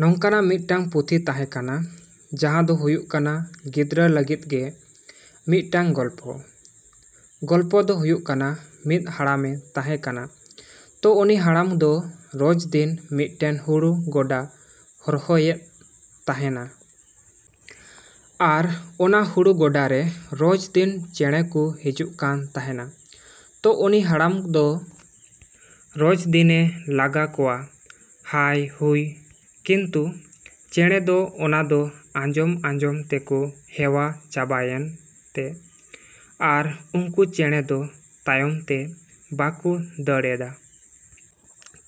ᱱᱚᱝᱠᱟᱱᱟᱜ ᱢᱤᱫᱴᱟᱝ ᱯᱩᱛᱷᱤ ᱛᱟᱸᱦᱮ ᱠᱟᱱᱟ ᱡᱟᱸᱦᱟ ᱫᱚ ᱦᱩᱭᱩᱜ ᱠᱟᱱᱟ ᱜᱤᱫᱽᱨᱟᱹ ᱞᱟᱹᱜᱤᱫ ᱜᱮ ᱢᱤᱫᱴᱟᱝ ᱜᱚᱞᱯᱚ᱾ ᱡᱟᱸᱦᱟ ᱜᱚᱞᱯᱚ ᱫᱚ ᱦᱩᱭᱩᱜ ᱠᱟᱱᱟ ᱢᱤᱫ ᱦᱟᱲᱟᱢᱮ ᱛᱟᱸᱦᱮ ᱠᱟᱱᱟ᱾ ᱛᱚ ᱩᱱᱤ ᱦᱟᱲᱟᱢ ᱫᱚ ᱨᱳᱡᱽᱫᱤᱱ ᱢᱤᱫᱴᱮᱱ ᱦᱩᱲᱩ ᱜᱚᱰᱟ ᱦᱚᱨᱦᱚᱭᱮᱫ ᱛᱟᱸᱦᱮᱱᱟ᱾ ᱟᱨ ᱚᱱᱟ ᱦᱩᱲᱩ ᱜᱚᱰᱟᱨᱮ ᱨᱳᱡᱽᱫᱤᱱ ᱪᱮᱸᱬᱮ ᱠᱚ ᱦᱤᱡᱩᱜ ᱠᱟᱱ ᱛᱟᱸᱦᱮᱱᱟ᱾ ᱛᱚ ᱩᱱᱤ ᱦᱟᱲᱟᱢ ᱫᱚ ᱨᱳᱡᱽᱫᱤᱱᱮ ᱞᱟᱜᱟ ᱠᱚᱣᱟ ᱦᱟᱭᱼᱦᱩᱭ ᱠᱤᱱᱛᱩ ᱪᱮᱸᱬᱮ ᱫᱚ ᱚᱱᱟ ᱫᱚ ᱟᱸᱡᱚᱢ ᱟᱸᱡᱚᱢ ᱛᱮᱠᱚ ᱦᱮᱣᱟ ᱪᱟᱵᱟᱭᱮᱱ ᱛᱮ ᱟᱨ ᱩᱱᱠᱩ ᱪᱮᱸᱬᱮ ᱫᱚ ᱛᱟᱭᱚᱢᱛᱮ ᱵᱟᱠᱚ ᱫᱟᱹᱲ ᱮᱫᱟ᱾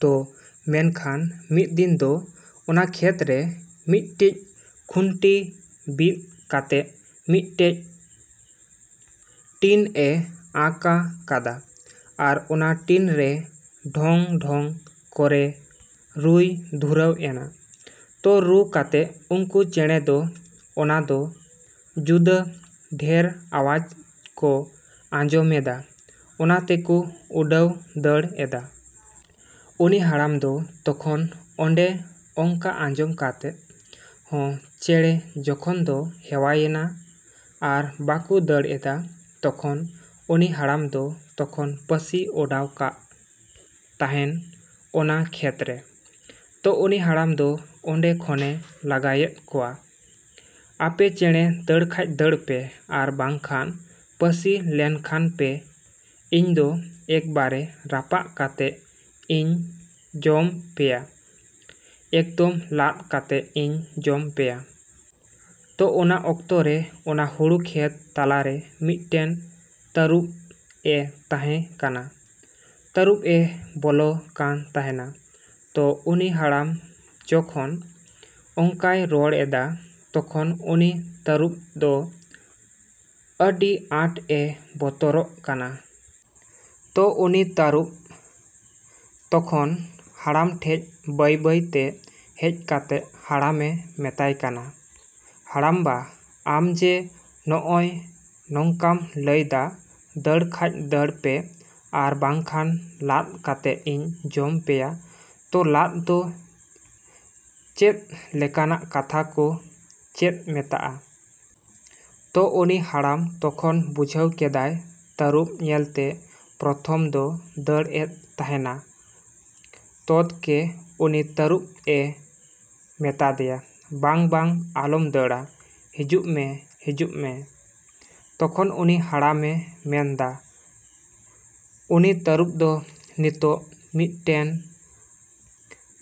ᱛᱚ ᱢᱮᱱᱠᱷᱟᱱ ᱢᱤᱫ ᱫᱤᱱ ᱫᱚ ᱚᱱᱟ ᱠᱷᱮᱛᱨᱮ ᱢᱤᱫᱴᱤᱡ ᱠᱷᱩᱱᱴᱤ ᱵᱤᱫ ᱠᱟᱛᱮᱜ ᱢᱤᱫᱴᱮᱡ ᱴᱤᱱ ᱮ ᱟᱸᱠᱟ ᱠᱟᱫᱟ᱾ ᱟᱨ ᱚᱱᱟ ᱴᱤᱱ ᱨᱮ ᱰᱷᱚᱝ ᱰᱷᱚᱝ ᱠᱚᱨᱮ ᱨᱩᱭ ᱫᱷᱩᱨᱟᱹᱣ ᱮᱱᱟ᱾ ᱛᱚ ᱨᱩ ᱠᱟᱛᱮᱜ ᱩᱱᱠᱩ ᱪᱮᱸᱬᱮ ᱫᱚ ᱚᱱᱟᱫᱚ ᱡᱩᱫᱟᱹ ᱰᱷᱮᱨ ᱟᱣᱟᱡ ᱠᱚ ᱟᱸᱡᱚᱢᱮᱫᱟ ᱚᱱᱟ ᱛᱮᱠᱚ ᱩᱰᱟᱹᱣ ᱫᱟᱹᱲ ᱮᱫᱟ᱾ ᱩᱱᱤ ᱦᱟᱲᱟᱢ ᱫᱚ ᱛᱚᱠᱷᱚᱱ ᱚᱱᱰᱮ ᱚᱱᱠᱟ ᱟᱸᱡᱚᱢ ᱠᱟᱛᱮᱜ ᱦᱚᱸ ᱪᱮᱸᱬᱮ ᱡᱚᱠᱷᱚᱱ ᱠᱚ ᱦᱮᱣᱟᱭᱮᱱᱟ ᱟᱨ ᱵᱟᱠᱚ ᱫᱟᱹᱲ ᱮᱫᱟ ᱛᱚᱠᱷᱚᱱ ᱩᱱᱤ ᱦᱟᱲᱟᱢ ᱫᱚ ᱛᱚᱠᱷᱚᱱ ᱯᱟᱹᱥᱤ ᱚᱰᱟᱣ ᱠᱟᱜ ᱛᱟᱸᱦᱮᱱ ᱚᱱᱟ ᱠᱷᱮᱛᱨᱮ᱾ ᱛᱚ ᱩᱱᱤ ᱦᱟᱲᱟᱢ ᱫᱚ ᱚᱸᱰᱮ ᱠᱷᱚᱱᱮ ᱞᱟᱜᱟᱭᱮᱫ ᱠᱚᱣᱟ ᱟᱯᱮ ᱪᱮᱸᱬᱮ ᱫᱟᱹᱲ ᱠᱷᱟᱡ ᱫᱟᱹᱲ ᱯᱮ ᱟᱨ ᱵᱟᱝᱠᱷᱟᱱ ᱯᱟᱹᱥᱤ ᱞᱮᱱᱠᱷᱟᱱ ᱯᱮ ᱤᱧ ᱫᱚ ᱮᱠᱵᱟᱨᱮ ᱨᱟᱯᱟᱜ ᱠᱟᱛᱮᱜ ᱤᱧ ᱡᱚᱢ ᱯᱮᱭᱟ ᱮᱠᱫᱚᱢ ᱞᱟᱫ ᱠᱟᱛᱮᱜ ᱤᱧ ᱡᱚᱢ ᱯᱮᱭᱟ᱾ ᱛᱚ ᱚᱱᱟ ᱚᱠᱛᱚ ᱨᱮ ᱚᱱᱟ ᱦᱩᱲᱩ ᱠᱷᱮᱛ ᱛᱟᱞᱟᱨᱮ ᱢᱤᱫᱴᱮᱱ ᱛᱟᱹᱨᱩᱵᱽ ᱮ ᱛᱟᱸᱦᱮ ᱠᱟᱱᱟ᱾ ᱛᱟᱹᱨᱩᱵᱽ ᱮ ᱵᱚᱞᱚ ᱠᱟᱱ ᱛᱟᱸᱦᱮᱱᱟ᱾ ᱛᱚ ᱩᱱᱤ ᱦᱟᱲᱟᱢ ᱡᱚᱠᱷᱚᱱ ᱚᱱᱠᱟᱭ ᱨᱚᱲ ᱮᱫᱟ ᱛᱚᱠᱷᱚᱱ ᱩᱱᱤ ᱛᱟᱹᱨᱩᱵᱽ ᱫᱚ ᱟᱹᱰᱤ ᱟᱸᱴ ᱮ ᱵᱚᱛᱚᱨᱚᱜ ᱠᱟᱱᱟ᱾ ᱛᱚ ᱩᱱᱤ ᱛᱟᱹᱨᱩᱵᱽ ᱛᱚᱠᱷᱚᱱ ᱦᱟᱲᱟᱢ ᱴᱷᱮᱡ ᱵᱟᱹᱭᱼᱵᱟᱹᱭᱛᱮ ᱦᱮᱡ ᱠᱟᱛᱮᱜ ᱦᱟᱲᱟᱢᱮ ᱢᱮᱛᱟᱭ ᱠᱟᱱᱟ, ᱦᱟᱲᱟᱢ ᱵᱟ ᱟᱢᱡᱮ ᱱᱚᱜᱼᱚᱭ ᱱᱚᱝᱠᱟᱢ ᱞᱟᱹᱭ ᱫᱟ ᱫᱟᱹᱲ ᱠᱷᱟᱡ ᱫᱟᱹᱲ ᱯᱮ ᱟᱨ ᱵᱟᱝᱠᱷᱟᱱ ᱞᱟᱫ ᱠᱟᱛᱮᱜ ᱤᱧ ᱡᱚᱢ ᱯᱮᱭᱟ ᱛᱚ ᱞᱟᱫ ᱫᱚ ᱪᱮᱫ ᱞᱮᱠᱟᱱᱟᱜ ᱠᱟᱛᱷᱟ ᱠᱚ ᱪᱮᱫ ᱢᱮᱛᱟᱜᱼᱟ? ᱛᱚ ᱩᱱᱤ ᱦᱟᱲᱟᱢ ᱛᱚᱠᱷᱚᱱ ᱵᱩᱡᱷᱟᱹᱣ ᱠᱮᱫᱟᱭ ᱛᱟᱹᱨᱩᱵᱽ ᱧᱮᱞᱛᱮ ᱯᱨᱚᱛᱷᱚᱢ ᱫᱚ ᱫᱟᱹᱲ ᱮᱫ ᱛᱟᱸᱦᱮᱱᱟ ᱛᱚᱛᱠᱮ ᱩᱱᱤ ᱛᱟᱹᱨᱩᱵᱽ ᱮ ᱢᱮᱛᱟᱫᱮᱭᱟ ᱵᱟᱝ ᱵᱟᱝ ᱟᱞᱚᱢ ᱫᱟᱹᱲᱟ ᱦᱤᱡᱩᱜ ᱢᱮ ᱦᱤᱡᱩᱜ ᱢᱮ᱾ ᱛᱚᱠᱷᱚᱱ ᱩᱱᱤ ᱦᱟᱲᱟᱢᱮ ᱢᱮᱱᱫᱟ ᱩᱱᱤ ᱛᱟᱹᱨᱩᱵᱽ ᱫᱚ ᱱᱤᱛᱚᱜ ᱢᱤᱫᱴᱮᱱ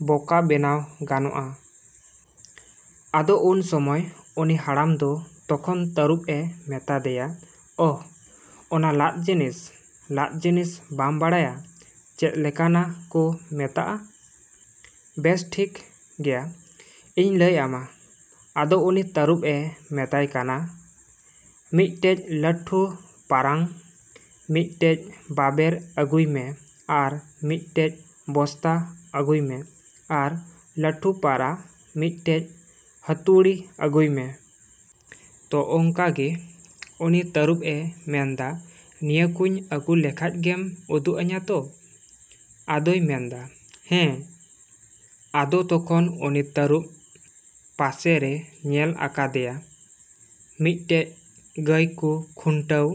ᱵᱚᱠᱟ ᱵᱮᱱᱟᱣ ᱜᱟᱱᱚᱜᱼᱟ᱾ ᱟᱫᱚ ᱩᱱ ᱥᱚᱢᱚᱭ ᱩᱱᱤ ᱦᱟᱲᱟᱢ ᱫᱚ ᱛᱚᱠᱷᱚᱱ ᱛᱟᱹᱨᱩᱵᱽ ᱮ ᱢᱮᱛᱟ ᱫᱮᱭᱟ ᱚᱦ ᱚᱱᱟ ᱞᱟᱫ ᱡᱤᱱᱤᱥ, ᱞᱟᱫ ᱡᱤᱱᱤᱥ ᱵᱟᱢ ᱵᱟᱲᱟᱭᱟ ᱪᱮᱫ ᱞᱮᱠᱟᱱᱟ ᱠᱚ ᱢᱮᱛᱟᱜᱼᱟ, ᱵᱮᱥ ᱴᱷᱤᱠ ᱜᱮᱭᱟ ᱤᱧ ᱞᱟᱹᱭ ᱟᱢᱟ᱾ ᱟᱫᱚ ᱩᱱᱤ ᱛᱟᱹᱨᱩᱵᱽ ᱮ ᱢᱮᱛᱟᱭ ᱠᱟᱱᱟ ᱢᱤᱫᱴᱮᱡ ᱞᱟᱹᱴᱷᱩ ᱯᱟᱨᱟᱝ ᱢᱤᱫᱴᱮᱡ ᱵᱟᱵᱮᱨ ᱟᱹᱜᱩᱭ ᱢᱮ ᱟᱨ ᱢᱤᱫᱴᱮᱡ ᱵᱚᱥᱛᱟ ᱟᱹᱜᱩᱭ ᱢᱮ, ᱟᱨ ᱞᱟᱹᱴᱷᱩ ᱯᱟᱨᱟ ᱢᱤᱫᱴᱮᱡ ᱦᱟᱹᱛᱩᱲᱤ ᱟᱹᱜᱩᱭ ᱢᱮ᱾ ᱛᱚ ᱚᱱᱠᱟ ᱜᱮ ᱩᱱᱤ ᱛᱟᱹᱨᱩᱵᱽ ᱮ ᱢᱮᱱᱫᱟ ᱱᱤᱭᱟᱹᱠᱩᱧ ᱟᱹᱜᱩ ᱞᱮᱠᱷᱟᱡ ᱜᱮᱢ ᱩᱫᱩᱜ ᱟᱹᱧᱟ ᱛᱚ᱾ ᱟᱫᱚᱭ ᱢᱮᱱᱫᱟ ᱦᱮᱸ ᱟᱫᱚ ᱛᱚᱠᱷᱚᱱ ᱩᱱᱤ ᱛᱟᱹᱨᱩᱵᱽ ᱯᱟᱥᱮᱨᱮ ᱧᱮᱞ ᱟᱠᱟᱫᱮᱭᱟ ᱢᱤᱫᱴᱮᱡ ᱜᱟᱹᱭ ᱠᱚ ᱠᱷᱩᱱᱴᱟᱹᱣᱼᱼ